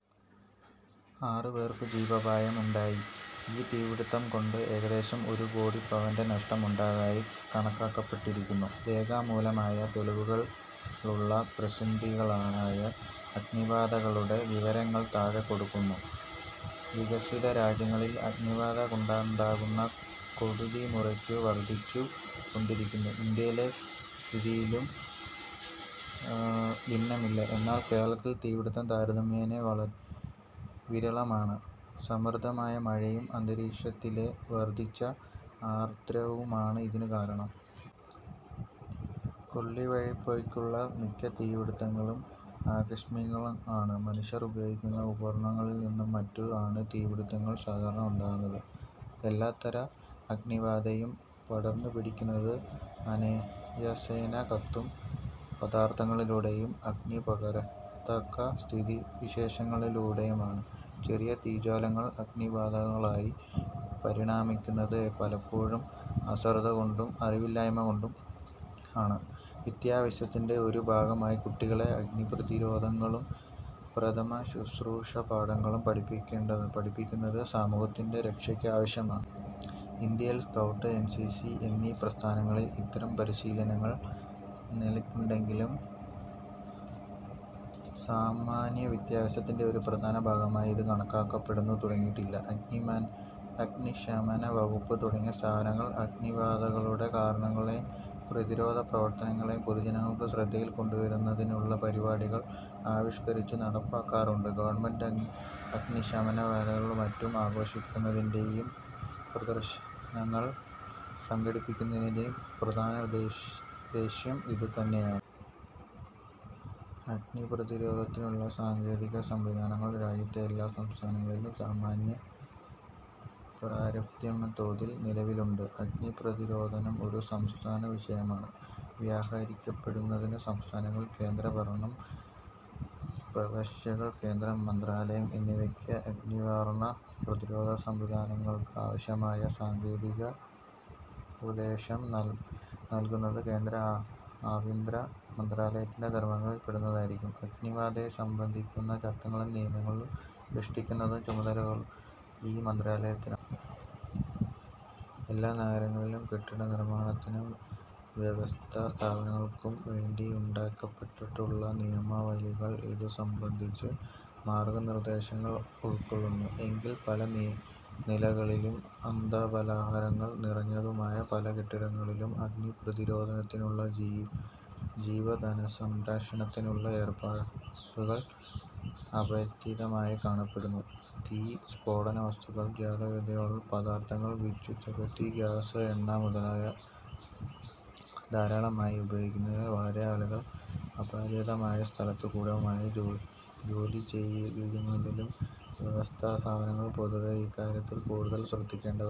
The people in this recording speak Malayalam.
ആറു പേർക്കു ജീവാപായം ഉണ്ടായി. ഈ തീപിടിത്തംകൊണ്ട് ഏകദേശം ഒരുകോടി പവന്റെ നഷ്ടമുണ്ടായതായി കണക്കാക്കപ്പെട്ടിരിക്കുന്നു. രേഖാമൂലമായ തെളിവുകളുള്ള പ്രസിദ്ധങ്ങളായ അഗ്നിബാധകളുടെ വിവരങ്ങൾ താഴെ കൊടുക്കുന്നു. വികസിതരാജ്യങ്ങളിൽ അഗ്നിബാധകൊണ്ടുണ്ടാകുന്ന കെടുതി മുറയ്ക്കു വർധിച്ചു കൊണ്ടിരിക്കുന്നു. ഇന്ത്യയിലെ സ്ഥിതിയും ഭിന്നമല്ല. എന്നാൽ കേരളത്തിൽ തീപിടിത്തം താരതമ്യേന വിരളമാണ്. സമൃദ്ധമായ മഴയും, അന്തരീക്ഷത്തിലെ വർധിച്ച ആർദ്രതയുമാണ് ഇതിനു കാരണം. കൊള്ളിവയ്പൊഴികെയുള്ള മിക്ക തീപിടിത്തങ്ങളും ആകസ്മികങ്ങളാണ്. മനുഷ്യർ ഉപയോഗിക്കുന്ന ഉപകരണങ്ങളിൽനിന്നും മറ്റും ആണ് തീപിടിത്തങ്ങൾ സാധാരണ ഉണ്ടാകുന്നത്. എല്ലാത്തരം അഗ്നിബാധയും പടർന്നുപിടിക്കുന്നത് അനായാസേന കത്തുന്ന പദാർഥങ്ങളിലൂടെയും, അഗ്നി പകരത്തക്ക സ്ഥിതിവിശേഷങ്ങളിലൂടെയും ആണ്. ചെറിയ തീജ്വാലകൾ അഗ്നിബാധകളായി പരിണമിക്കുന്നത് പലപ്പോഴും അശ്രദ്ധകൊണ്ടും അറിവില്ലായ്മകൊണ്ടുമാണ്. വിദ്യാഭ്യാസത്തിന്റെ ഒരു ഭാഗമായി കുട്ടികളെ അഗ്നിപ്രതിരോധങ്ങളും പ്രഥമശുശ്രൂഷാപാഠങ്ങളും പഠിപ്പിക്കുന്നത്, സമൂഹത്തിന്റെ രക്ഷയ്ക്ക് ആവശ്യമാണ്. ഇന്ത്യയിൽ സ്കൗട്ട്, എൻ. സി. സി എന്നീ പ്രസ്ഥാനങ്ങളിൽ ഇത്തരം പരിശീലനങ്ങൾ നല്കുന്നുണ്ടെങ്കിലും സാമാന്യവിദ്യാഭ്യാസത്തിന്റെ ഒരു പ്രധാന ഭാഗമായി ഇതു കണക്കാക്കപ്പെട്ടു തുടങ്ങിയിട്ടില്ല. അഗ്നിശമനവകുപ്പ് തുടങ്ങിയ സ്ഥാപനങ്ങൾ അഗ്നിബാധകളുടെ കാരണങ്ങളും പ്രതിരോധപ്രവർത്തനങ്ങളും പൊതുജനങ്ങളുടെ ശ്രദ്ധയിൽ കൊണ്ടുവരുന്നതിനുള്ള പരിപാടികൾ ആവിഷ്കരിച്ചു നടപ്പാക്കാറുണ്ട്. ഗവൺമെന്റ് അഗ്നിശമനവാരവും മറ്റും ആഘോഷിക്കുന്നതിന്റെയും പ്രദർശനങ്ങൾ സംഘടിപ്പിക്കുന്നതിന്റെയും പ്രധാനോദ്ദേശ്യം ഇതുതന്നെയാണ്. അഗ്നിപ്രതിരോധത്തിനുള്ള സാങ്കേതിക സംവിധാനങ്ങൾ രാജ്യത്തെ എല്ലാ സംസ്ഥാനങ്ങളിലും സാമാന്യം പര്യാപ്തമായ തോതിൽ നിലവിലുണ്ട്. അഗ്നിപ്രതിരോധം ഒരു സംസ്ഥാന വിഷയമായാണ് വ്യവഹരിക്കപ്പെടുന്നത്. സംസ്ഥാനങ്ങൾ, കേന്ദ്രഭരണ പ്രവിശ്യകൾ, കേന്ദ്ര മന്ത്രാലയങ്ങൾ എന്നിവയ്ക്ക് അഗ്നിനിവാരണ/പ്രതിരോധ സംവിധാനങ്ങൾക്ക് ആവശ്യമായ സാങ്കേതികോപദേശം നല്കുന്നത് കേന്ദ്ര ആഭ്യന്തര മന്ത്രാലയത്തിന്റെ ധർമങ്ങളിൽ പെടുത്തിയിരിക്കുന്നു; അഗ്നിബാധയെ സംബന്ധിക്കുന്ന ചട്ടങ്ങളും നിയമങ്ങളും സൃഷ്ടിക്കുന്ന ചുമതലയും ഈ മന്ത്രാലയത്തിനാണ്. എല്ലാ നഗരങ്ങളിലും കെട്ടിടനിർമ്മാണത്തിനും വ്യവസായസ്ഥാപനങ്ങൾക്കുംവേണ്ടി ഉണ്ടാക്കപ്പെട്ടിട്ടുള്ള നിയമാവലികൾ ഇതു സംബന്ധിച്ച മാർഗനിർദ്ദേശങ്ങൾ ഉൾക്കൊള്ളുന്നു. എങ്കിലും പല നിലകളുള്ളതും ആഡംബരാലങ്കാരങ്ങൾ നിറഞ്ഞതുമായ പല കെട്ടിടങ്ങളിലും അഗ്നിപ്രതിരോധത്തിനും ജീവധനസംരക്ഷണത്തിനും ഉള്ള ഏർപ്പാടുകൾ അപര്യാപ്തമായി കാണപ്പെടുന്നു. തീയ്, സ്ഫോടകവസ്തുക്കൾ, ജ്വലനവിധേയതയുള്ള പദാർഥങ്ങൾ, വിദ്യുച്ഛക്തി, ഗ്യാസ്, എണ്ണ മുതലായവ ധാരാളമായി ഉപയോഗിക്കുന്നതിനാലും വളരെ ആളുകൾ അപര്യാപ്തമായ സ്ഥലത്ത് കൂട്ടമായി ജോലിയെടുക്കുന്നതിനാലും വ്യവസായസ്ഥാപനങ്ങൾ പൊതുവേ ഇക്കാര്യത്തിൽ കൂടുതൽ ശ്രദ്ധിക്കേണ്ടതാണ്.